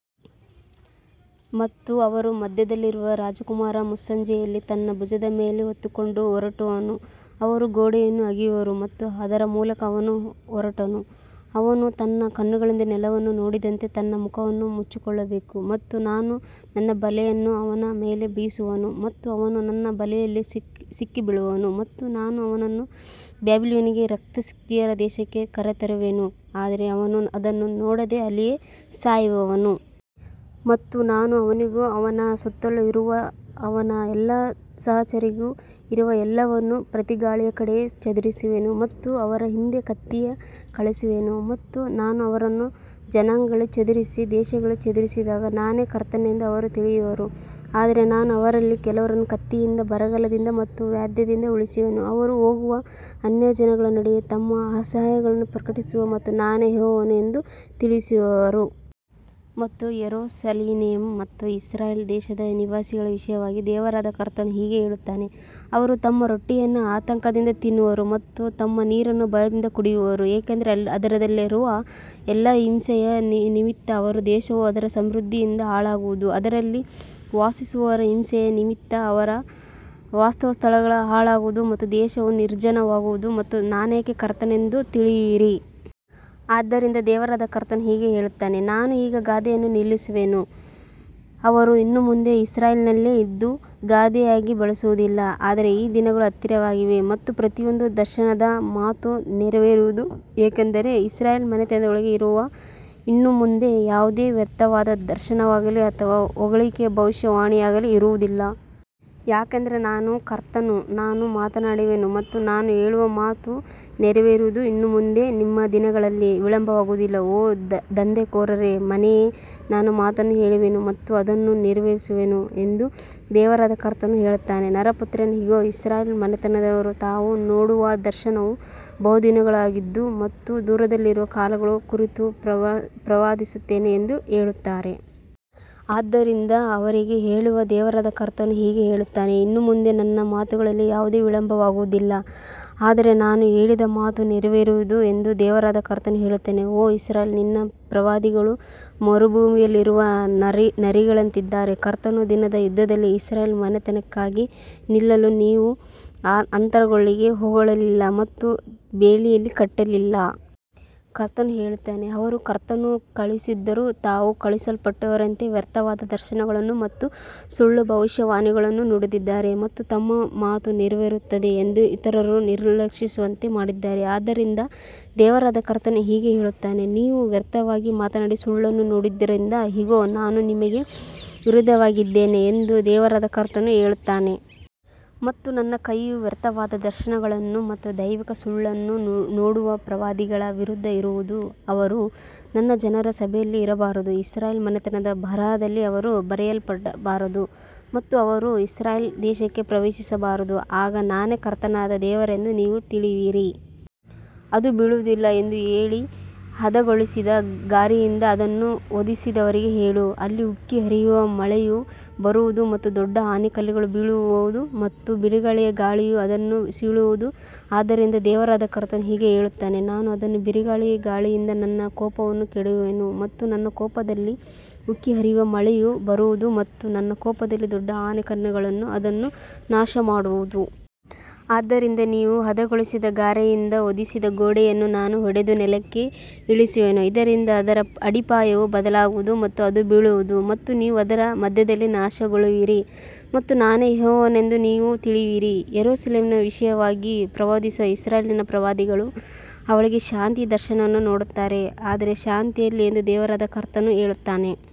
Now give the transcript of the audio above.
ಮತ್ತು ಅವರ ಮಧ್ಯದಲ್ಲಿರುವ ರಾಜಕುಮಾರನು ಮುಸ್ಸಂಜೆಯಲ್ಲಿ ತನ್ನ ಭುಜದ ಮೇಲೆ ಹೊತ್ತುಕೊಂಡು ಹೊರಡುವನು, ಅವರು ಗೋಡೆಯನ್ನು ಅಗೆಯುವರು ಮತ್ತು ಅದರ ಮೂಲಕ ಅವನು ಹೊರಡುವನು. ಅವನು ತನ್ನ ಕಣ್ಣುಗಳಿಂದ ನೆಲವನ್ನು ನೋಡದಂತೆ ತನ್ನ ಮುಖವನ್ನು ಮುಚ್ಚಿಕೊಳ್ಳಬೇಕು. ಮತ್ತು ನಾನು ನನ್ನ ಬಲೆಯನ್ನು ಅವನ ಮೇಲೆ ಬೀಸುವೆನು ಮತ್ತು ಅವನು ನನ್ನ ಬಲೆಯಲ್ಲಿ ಸಿಕ್ಕಿಬೀಳುವನು ಮತ್ತು ನಾನು ಅವನನ್ನು ಬಾಬಿಲೋನಿಗೆ ಕಸ್ದೀಯರ ದೇಶಕ್ಕೆ ಕರೆತರುವೆನು, ಆದರೆ ಅವನು ಅದನ್ನು ನೋಡದೆ ಅಲ್ಲಿಯೇ ಸಾಯುವನು. ಮತ್ತು ನಾನು ಅವನಿಗೂ ಅವನ ಸುತ್ತಲೂ ಇರುವ ಅವನ ಎಲ್ಲಾ ಸಹಚರರಿಗೂ ಇರುವ ಎಲ್ಲವನ್ನೂ ಪ್ರತಿ ಗಾಳಿಯ ಕಡೆಗೆ ಚದುರಿಸುವೆನು ಮತ್ತು ಅವರ ಹಿಂದೆ ಕತ್ತಿಯನ್ನು ಕಳುಹಿಸುವೆನು. ಮತ್ತು ನಾನು ಅವರನ್ನು ಜನಾಂಗಗಳಲ್ಲಿ ಚದರಿಸಿ ದೇಶಗಳಲ್ಲಿ ಚದುರಿಸಿದಾಗ ನಾನೇ ಕರ್ತನೆಂದು ಅವರು ತಿಳಿಯುವರು. ಆದರೆ ನಾನು ಅವರಲ್ಲಿ ಕೆಲವರನ್ನು ಕತ್ತಿಯಿಂದ, ಬರಗಾಲದಿಂದ ಮತ್ತು ವ್ಯಾಧಿಯಿಂದ ಉಳಿಸುವೆನು, ಅವರು ಹೋಗುವ ಅನ್ಯಜನಾಂಗಗಳ ನಡುವೆ ತಮ್ಮ ಅಸಹ್ಯಗಳನ್ನು ಪ್ರಕಟಿಸುವರು ಮತ್ತು ನಾನೇ ಯೆಹೋವನು ಎಂದು ಅವರು ತಿಳಿಯುವರು. ಮತ್ತು ಯೆರೂಸಲೇಮಿನ ಮತ್ತು ಇಸ್ರಾಯೇಲ್ ದೇಶದ ನಿವಾಸಿಗಳ ವಿಷಯವಾಗಿ ದೇವರಾದ ಕರ್ತನು ಹೀಗೆ ಹೇಳುತ್ತಾನೆ, ಅವರು ತಮ್ಮ ರೊಟ್ಟಿಯನ್ನು ಆತಂಕದಿಂದ ತಿನ್ನುವರು ಮತ್ತು ತಮ್ಮ ನೀರನ್ನು ಭಯದಿಂದ ಕುಡಿಯುವರು, ಏಕೆಂದರೆ ಅದರಲ್ಲಿರುವ ಎಲ್ಲರ ಹಿಂಸೆಯ ನಿಮಿತ್ತ ಅವರ ದೇಶವು ಅದರ ಸಮೃದ್ಧಿಯಿಂದ ಹಾಳಾಗುವುದು. ಅದರಲ್ಲಿ ವಾಸಿಸುವವರ ಹಿಂಸೆಯ ನಿಮಿತ್ತ ಅದರ ವಾಸಸ್ಥಳಗಳು ಹಾಳಾಗುವವು ಮತ್ತು ದೇಶವು ನಿರ್ಜನವಾಗುವುದು ಮತ್ತು ನಾನೇ ಕರ್ತನೆಂದು ನೀವು ತಿಳಿಯುವಿರಿ. ಆದ್ದರಿಂದ ದೇವರಾದ ಕರ್ತನು ಹೀಗೆ ಹೇಳುತ್ತಾನೆ, ನಾನು ಈ ಗಾದೆಯನ್ನು ನಿಲ್ಲಿಸುವೆನು ಮತ್ತು ಅವರು ಇನ್ನು ಮುಂದೆ ಇಸ್ರಾಯೇಲಿನಲ್ಲಿ ಇದನ್ನು ಗಾದೆಯಾಗಿ ಬಳಸುವುದಿಲ್ಲ. ಆದರೆ ದಿನಗಳು ಹತ್ತಿರವಾಗಿವೆ ಮತ್ತು ಪ್ರತಿಯೊಂದು ದರ್ಶನದ ಮಾತು ನೆರವೇರುವುದು. ಯಾಕಂದರೆ ಇಸ್ರಾಯೇಲ್ ಮನೆತನದೊಳಗೆ ಇನ್ನು ಮುಂದೆ ಯಾವುದೇ ವ್ಯರ್ಥವಾದ ದರ್ಶನವಾಗಲಿ ಅಥವಾ ಹೊಗಳಿಕೆಯ ಭವಿಷ್ಯವಾಣಿಯಾಗಲಿ ಇರುವುದಿಲ್ಲ. ಯಾಕಂದರೆ ನಾನೇ ಕರ್ತನು, ನಾನು ಮಾತನಾಡುವೆನು ಮತ್ತು ನಾನು ಹೇಳುವ ಮಾತು ನೆರವೇರುವುದು. ಇನ್ನು ಮುಂದೆ ನಿಮ್ಮ ದಿನಗಳಲ್ಲಿ ವಿಳಂಬವಾಗುವುದಿಲ್ಲ, ಓ ದಂಗೆಕೋರ ಮನೆಯೇ, ನಾನು ಮಾತನ್ನು ಹೇಳುವೆನು ಮತ್ತು ಅದನ್ನು ನೆರವೇರಿಸುವೆನು ಎಂದು ದೇವರಾದ ಕರ್ತನು ಹೇಳುತ್ತಾನೆ. ನರಪುತ್ರನೇ, ಇಗೋ, ಇಸ್ರಾಯೇಲ್ ಮನೆತನದವರು, ತಾವು ನೋಡುವ ದರ್ಶನವು ಬಹುದಿನಗಳದ್ದು ಮತ್ತು ದೂರದಲ್ಲಿರುವ ಕಾಲಗಳ ಕುರಿತು ಪ್ರವಾದಿಸುತ್ತಾನೆ ಎಂದು ಹೇಳುತ್ತಾರೆ. ಆದ್ದರಿಂದ ಅವರಿಗೆ ಹೇಳು, ದೇವರಾದ ಕರ್ತನು ಹೀಗೆ ಹೇಳುತ್ತಾನೆ, ಇನ್ನು ಮುಂದೆ ನನ್ನ ಮಾತುಗಳಲ್ಲಿ ಯಾವುದೂ ವಿಳಂಬವಾಗುವುದಿಲ್ಲ, ಆದರೆ ನಾನು ಹೇಳಿದ ಮಾತು ನೆರವೇರುವುದು ಎಂದು ದೇವರಾದ ಕರ್ತನು ಹೇಳುತ್ತಾನೆ. ಓ ಇಸ್ರಾಯೇಲೇ, ನಿನ್ನ ಪ್ರವಾದಿಗಳು ಮರುಭೂಮಿಯಲ್ಲಿರುವ ನರಿಗಳಂತಿದ್ದಾರೆ. ಕರ್ತನ ದಿನದ ಯುದ್ಧದಲ್ಲಿ ಇಸ್ರಾಯೇಲ್ ಮನೆತನಕ್ಕಾಗಿ ನಿಲ್ಲಲು ನೀವು ಅಂತರಗಳಿಗೆ ಹೋಗಲಿಲ್ಲ ಮತ್ತು ಬೇಲಿಯನ್ನು ಕಟ್ಟಲಿಲ್ಲ. ಕರ್ತನು ಹೇಳುತ್ತಾನೆ, ಅವರು ಕರ್ತನು ಕಳುಹಿಸದಿದ್ದರೂ ತಾವು ಕಳುಹಿಸಲ್ಪಟ್ಟವರಂತೆ ವ್ಯರ್ಥವಾದ ದರ್ಶನಗಳನ್ನು ಮತ್ತು ಸುಳ್ಳು ಭವಿಷ್ಯವಾಣಿಗಳನ್ನು ನೋಡಿದ್ದಾರೆ ಮತ್ತು ತಮ್ಮ ಮಾತು ನೆರವೇರುತ್ತದೆ ಎಂದು ಇತರರು ನಿರೀಕ್ಷಿಸುವಂತೆ ಮಾಡಿದ್ದಾರೆ. ಆದ್ದರಿಂದ ದೇವರಾದ ಕರ್ತನು ಹೀಗೆ ಹೇಳುತ್ತಾನೆ, ನೀವು ವ್ಯರ್ಥವಾಗಿ ಮಾತನಾಡಿ ಸುಳ್ಳನ್ನು ನೋಡಿದ್ದರಿಂದ, ಇಗೋ, ನಾನು ನಿಮಗೆ ವಿರುದ್ಧವಾಗಿದ್ದೇನೆ ಎಂದು ದೇವರಾದ ಕರ್ತನು ಹೇಳುತ್ತಾನೆ. ಮತ್ತು ನನ್ನ ಕೈಯು ವ್ಯರ್ಥವಾದ ದರ್ಶನಗಳನ್ನು ಮತ್ತು ದೈವಿಕ ಸುಳ್ಳನ್ನು ನೋಡುವ ಪ್ರವಾದಿಗಳ ವಿರುದ್ಧ ಇರುವುದು. ಅವರು ನನ್ನ ಜನರ ಸಭೆಯಲ್ಲಿ ಇರಬಾರದು, ಇಸ್ರಾಯೇಲ್ ಮನೆತನದ ಬರಹದಲ್ಲಿ ಅವರು ಬರೆಯಲ್ಪಡಬಾರದು ಮತ್ತು ಅವರು ಇಸ್ರಾಯೇಲ್ ದೇಶಕ್ಕೆ ಪ್ರವೇಶಿಸಬಾರದು. ಆಗ ನಾನೇ ಕರ್ತನಾದ ದೇವರೆಂದು ನೀವು ತಿಳಿಯುವಿರಿ. ಅದು ಬೀಳುವುದಿಲ್ಲ ಎಂದು ಹೇಳಿ ಹದಗೊಳಿಸದ ಗಾರೆಯಿಂದ ಅದನ್ನು ಹೊದಿಸಿದವರಿಗೆ ಹೇಳು, ಅಲ್ಲಿ ಉಕ್ಕಿ ಹರಿಯುವ ಮಳೆಯು ಬರುವುದು ಮತ್ತು ದೊಡ್ಡ ಆಲಿಕಲ್ಲುಗಳು ಬೀಳುವವು ಮತ್ತು ಬಿರುಗಾಳಿಯ ಗಾಳಿಯು ಅದನ್ನು ಸೀಳುವುದು. ಆದ್ದರಿಂದ ದೇವರಾದ ಕರ್ತನು ಹೀಗೆ ಹೇಳುತ್ತಾನೆ, ನಾನು ಅದನ್ನು ಬಿರುಗಾಳಿಯ ಗಾಳಿಯಿಂದ ನನ್ನ ಕೋಪದಲ್ಲಿ ಕೆಡವುವೆನು ಮತ್ತು ನನ್ನ ಕೋಪದಲ್ಲಿ ಉಕ್ಕಿ ಹರಿಯುವ ಮಳೆಯು ಬರುವುದು ಮತ್ತು ನನ್ನ ಕೋಪದಲ್ಲಿ ದೊಡ್ಡ ಆಲಿಕಲ್ಲುಗಳು ಅದನ್ನು ನಾಶಮಾಡುವವು. ಆದ್ದರಿಂದ ನೀವು ಹದಗೊಳಿಸದ ಗಾರೆಯಿಂದ ಹೊದಿಸಿದ ಗೋಡೆಯನ್ನು ನಾನು ಒಡೆದು ನೆಲಕ್ಕೆ ಇಳಿಸುವೆನು, ಇದರಿಂದ ಅದರ ಅಡಿಪಾಯವು ಬಯಲಾಗುವುದು ಮತ್ತು ಅದು ಬೀಳುವುದು ಮತ್ತು ನೀವು ಅದರ ಮಧ್ಯದಲ್ಲಿ ನಾಶವಾಗುವಿರಿ ಮತ್ತು ನಾನೇ ಯೆಹೋವನೆಂದು ನೀವು ತಿಳಿಯುವಿರಿ. ಯೆರೂಸಲೇಮಿನ ವಿಷಯವಾಗಿ ಪ್ರವಾದಿಸುವ ಇಸ್ರಾಯೇಲಿನ ಪ್ರವಾದಿಗಳು ಅವಳಿಗೆ ಶಾಂತಿಯ ದರ್ಶನಗಳನ್ನು ನೋಡುತ್ತಾರೆ, ಆದರೆ ಶಾಂತಿಯಿಲ್ಲ ಎಂದು ದೇವರಾದ ಕರ್ತನು ಹೇಳುತ್ತಾನೆ.